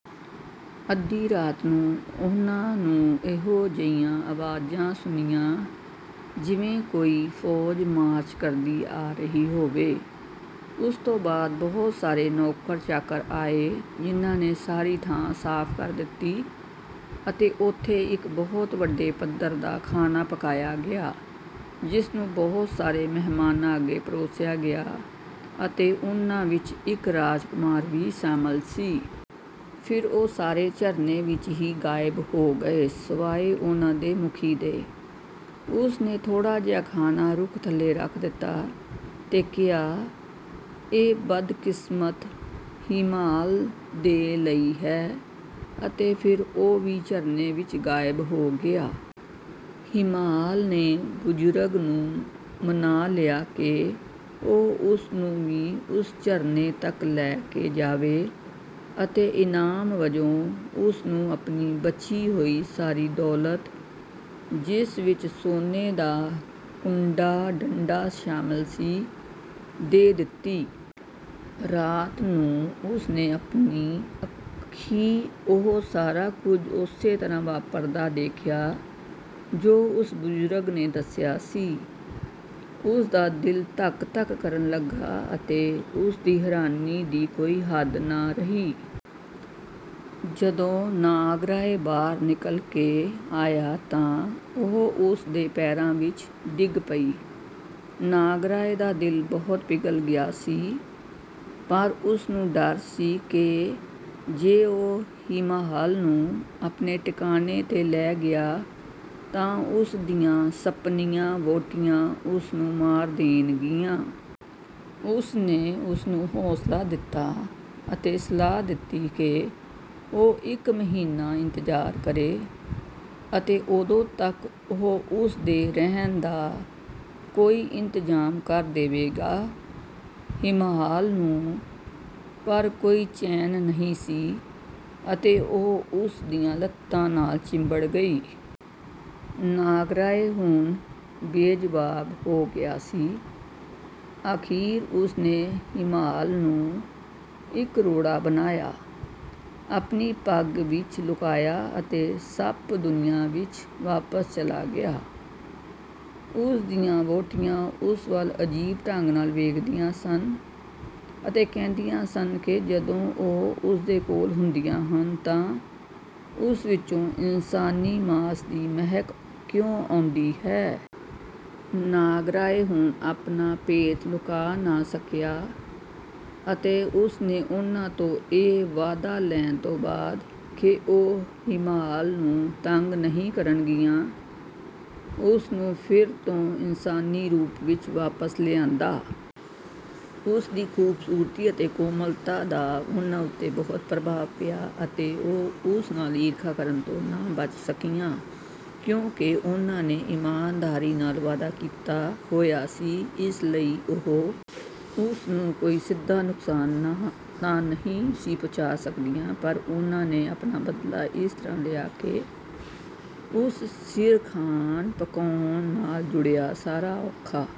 ਅੱਧੀ ਰਾਤ ਨੂੰ ਉਨ੍ਹਾਂ ਨੂੰ ਇਹੋ ਜਿਹੀਆਂ ਆਵਾਜ਼ਾਂ ਸੁਣੀਆਂ ਜਿਵੇਂ ਕੋਈ ਫ਼ੌਜ ਮਾਰਚ ਕਰਦੀ ਆ ਰਹੀ ਹੋਵੇ। ਉਸ ਤੋਂ ਬਾਅਦ ਬਹੁਤ ਸਾਰੇ ਨੌਕਰ-ਚਾਕਰ ਆਏ ਜਿਨ੍ਹਾਂ ਨੇ ਸਾਰੀ ਥਾਂ ਸਾਫ਼ ਕਰ ਦਿੱਤੀ ਅਤੇ ਉੱਥੇ ਇੱਕ ਬਹੁਤ ਵੱਡੇ ਪੱਧਰ ਦਾ ਖਾਣਾ ਪਕਾਇਆ ਗਿਆ, ਜਿਸ ਨੂੰ ਬਹੁਤ ਸਾਰੇ ਮਹਿਮਾਨਾਂ ਅੱਗੇ ਪਰੋਸਿਆ ਗਿਆ ਅਤੇ ਉਨ੍ਹਾਂ ਵਿੱਚ ਇੱਕ ਰਾਜਕੁਮਾਰ ਵੀ ਸ਼ਾਮਲ ਸੀ। ਫਿਰ ਉਹ ਸਾਰੇ ਝਰਨੇ ਵਿੱਚ ਹੀ ਗਾਇਬ ਹੋ ਗਏ, ਸਿਵਾਏ ਉਨ੍ਹਾਂ ਦੇ ਮੁਖੀ ਦੇ। ਉਸ ਨੇ ਥੋੜ੍ਹਾ ਜਿਹਾ ਖਾਣਾ ਰੁੱਖ ਥੱਲੇ ਰੱਖ ਦਿੱਤਾ ਤੇ ਕਿਹਾ, "ਇਹ ਬਦਕਿਸਮਤ ਹੀਮਾਲ ਦੇ ਲਈ ਹੈ।" ਅਤੇ ਫਿਰ ਉਹ ਵੀ ਝਰਨੇ ਵਿੱਚ ਗਾਇਬ ਹੋ ਗਿਆ। ਹੀਮਾਲ ਨੇ ਬਜ਼ੁਰਗ ਨੂੰ ਮਨਾ ਲਿਆ ਕਿ ਉਹ ਉਸ ਨੂੰ ਵੀ ਉਸ ਝਰਨੇ ਤੱਕ ਲੈ ਕੇ ਜਾਵੇ ਅਤੇ ਇਨਾਮ ਵਜੋਂ ਉਸ ਨੂੰ ਆਪਣੀ ਬਚੀ ਹੋਈ ਸਾਰੀ ਦੌਲਤ, ਜਿਸ ਵਿੱਚ ਸੋਨੇ ਦਾ ਕੂੰਡਾ-ਡੰਡਾ ਸ਼ਾਮਲ ਸੀ, ਦੇ ਦਿੱਤੀ। ਰਾਤ ਨੂੰ ਉਸ ਨੇ ਆਪਣੀ ਅੱਖੀਂ ਉਹ ਸਾਰਾ ਕੁਝ ਉਸੇ ਤਰ੍ਹਾਂ ਵਾਪਰਦਾ ਦੇਖਿਆ ਜੋ ਉਸ ਬਜ਼ੁਰਗ ਨੇ ਦੱਸਿਆ ਸੀ। ਉਸ ਦਾ ਦਿਲ ਧੱਕ-ਧੱਕ ਕਰਨ ਲੱਗਾ ਅਤੇ ਉਸ ਦੀ ਹੈਰਾਨੀ ਦੀ ਕੋਈ ਹੱਦ ਨਾ ਰਹੀ। ਜਦੋਂ ਨਾਗਰਾਇ ਬਾਹਰ ਨਿਕਲ ਕੇ ਆਇਆ ਤਾਂ ਉਹ ਉਸ ਦੇ ਪੈਰਾਂ ਵਿੱਚ ਡਿੱਗ ਪਈ। ਨਾਗਰਾਇ ਦਾ ਦਿਲ ਬਹੁਤ ਪਿਘਲ ਗਿਆ ਸੀ ਪਰ ਉਸ ਨੂੰ ਡਰ ਸੀ ਕਿ ਜੇ ਉਹ ਹੀਮਾਲ ਨੂੰ ਆਪਣੇ ਟਿਕਾਣੇ 'ਤੇ ਲੈ ਗਿਆ ਤਾਂ ਉਸ ਦੀਆਂ ਸੱਪਣੀਆਂ-ਵਹੁਟੀਆਂ ਉਸ ਨੂੰ ਮਾਰ ਦੇਣਗੀਆਂ। ਉਸ ਨੇ ਉਸ ਨੂੰ ਹੌਸਲਾ ਦਿੱਤਾ ਅਤੇ ਸਲਾਹ ਦਿੱਤੀ ਕਿ ਉਹ ਇੱਕ ਮਹੀਨਾ ਇੰਤਜ਼ਾਰ ਕਰੇ ਅਤੇ ਉਦੋਂ ਤੱਕ ਉਹ ਉਸ ਦੇ ਰਹਿਣ ਦਾ ਕੋਈ ਇੰਤਜ਼ਾਮ ਕਰ ਦੇਵੇਗਾ। ਹੀਮਾਲ ਨੂੰ ਪਰ ਕੋਈ ਚੈਨ ਨਹੀਂ ਸੀ ਅਤੇ ਉਹ ਉਸ ਦੀਆਂ ਲੱਤਾਂ ਨਾਲ ਚਿੰਬੜ ਗਈ। ਨਾਗਰਾਇ ਹੁਣ ਬੇਜਵਾਬ ਹੋ ਗਿਆ ਸੀ। ਅਖੀਰ ਉਸ ਨੇ ਹੀਮਾਲ ਨੂੰ ਇੱਕ ਰੋੜਾ ਬਣਾਇਆ, ਆਪਣੀ ਪੱਗ ਵਿੱਚ ਲੁਕਾਇਆ ਅਤੇ ਸੱਪ-ਦੁਨੀਆ ਵਿੱਚ ਵਾਪਸ ਚਲਾ ਗਿਆ। ਉਸ ਦੀਆਂ ਵਹੁਟੀਆਂ ਉਸ ਵੱਲ ਅਜੀਬ ਢੰਗ ਨਾਲ ਵੇਖਦੀਆਂ ਸਨ ਅਤੇ ਕਹਿੰਦੀਆਂ ਸਨ ਕਿ ਜਦੋਂ ਉਹ ਉਸ ਦੇ ਕੋਲ ਹੁੰਦੀਆਂ ਹਨ ਤਾਂ ਉਸ ਵਿੱਚੋਂ ਇਨਸਾਨੀ ਮਾਸ ਦੀ ਮਹਿਕ ਕਿਉਂ ਆਉਂਦੀ ਹੈ। ਨਾਗਰਾਇ ਹੁਣ ਆਪਣਾ ਭੇਤ ਲੁਕਾ ਨਾ ਸਕਿਆ ਅਤੇ ਉਸ ਨੇ ਉਨ੍ਹਾਂ ਤੋਂ ਇਹ ਵਾਅਦਾ ਲੈਣ ਤੋਂ ਬਾਅਦ ਕਿ ਉਹ ਹੀਮਾਲ ਨੂੰ ਤੰਗ ਨਹੀਂ ਕਰਨਗੀਆਂ, ਉਸ ਨੂੰ ਫਿਰ ਤੋਂ ਇਨਸਾਨੀ ਰੂਪ ਵਿੱਚ ਵਾਪਸ ਲਿਆਂਦਾ। ਉਸ ਦੀ ਖ਼ੂਬਸੂਰਤੀ ਅਤੇ ਕੋਮਲਤਾ ਦਾ ਉਨ੍ਹਾਂ ਉੱਤੇ ਬਹੁਤ ਪ੍ਰਭਾਵ ਪਿਆ ਅਤੇ ਉਹ ਉਸ ਨਾਲ ਈਰਖਾ ਕਰਨ ਤੋਂ ਨਾ ਬਚ ਸਕੀਆਂ। ਕਿਉਂਕਿ ਉਨ੍ਹਾਂ ਨੇ ਇਮਾਨਦਾਰੀ ਨਾਲ ਵਾਅਦਾ ਕੀਤਾ ਹੋਇਆ ਸੀ, ਇਸ ਲਈ ਉਹ ਉਸ ਨੂੰ ਕੋਈ ਸਿੱਧਾ ਨੁਕਸਾਨ ਤਾਂ ਨਹੀਂ ਸੀ ਪਹੁੰਚਾ ਸਕਦੀਆਂ, ਪਰ ਉਨ੍ਹਾਂ ਨੇ ਆਪਣਾ ਬਦਲਾ ਇਸ ਤਰ੍ਹਾਂ ਲਿਆ ਕਿ ਉਸ ਸਿਰ ਖਾਣ-ਪਕਾਉਣ ਨਾਲ ਜੁੜਿਆ ਸਾਰਾ ਔਖਾ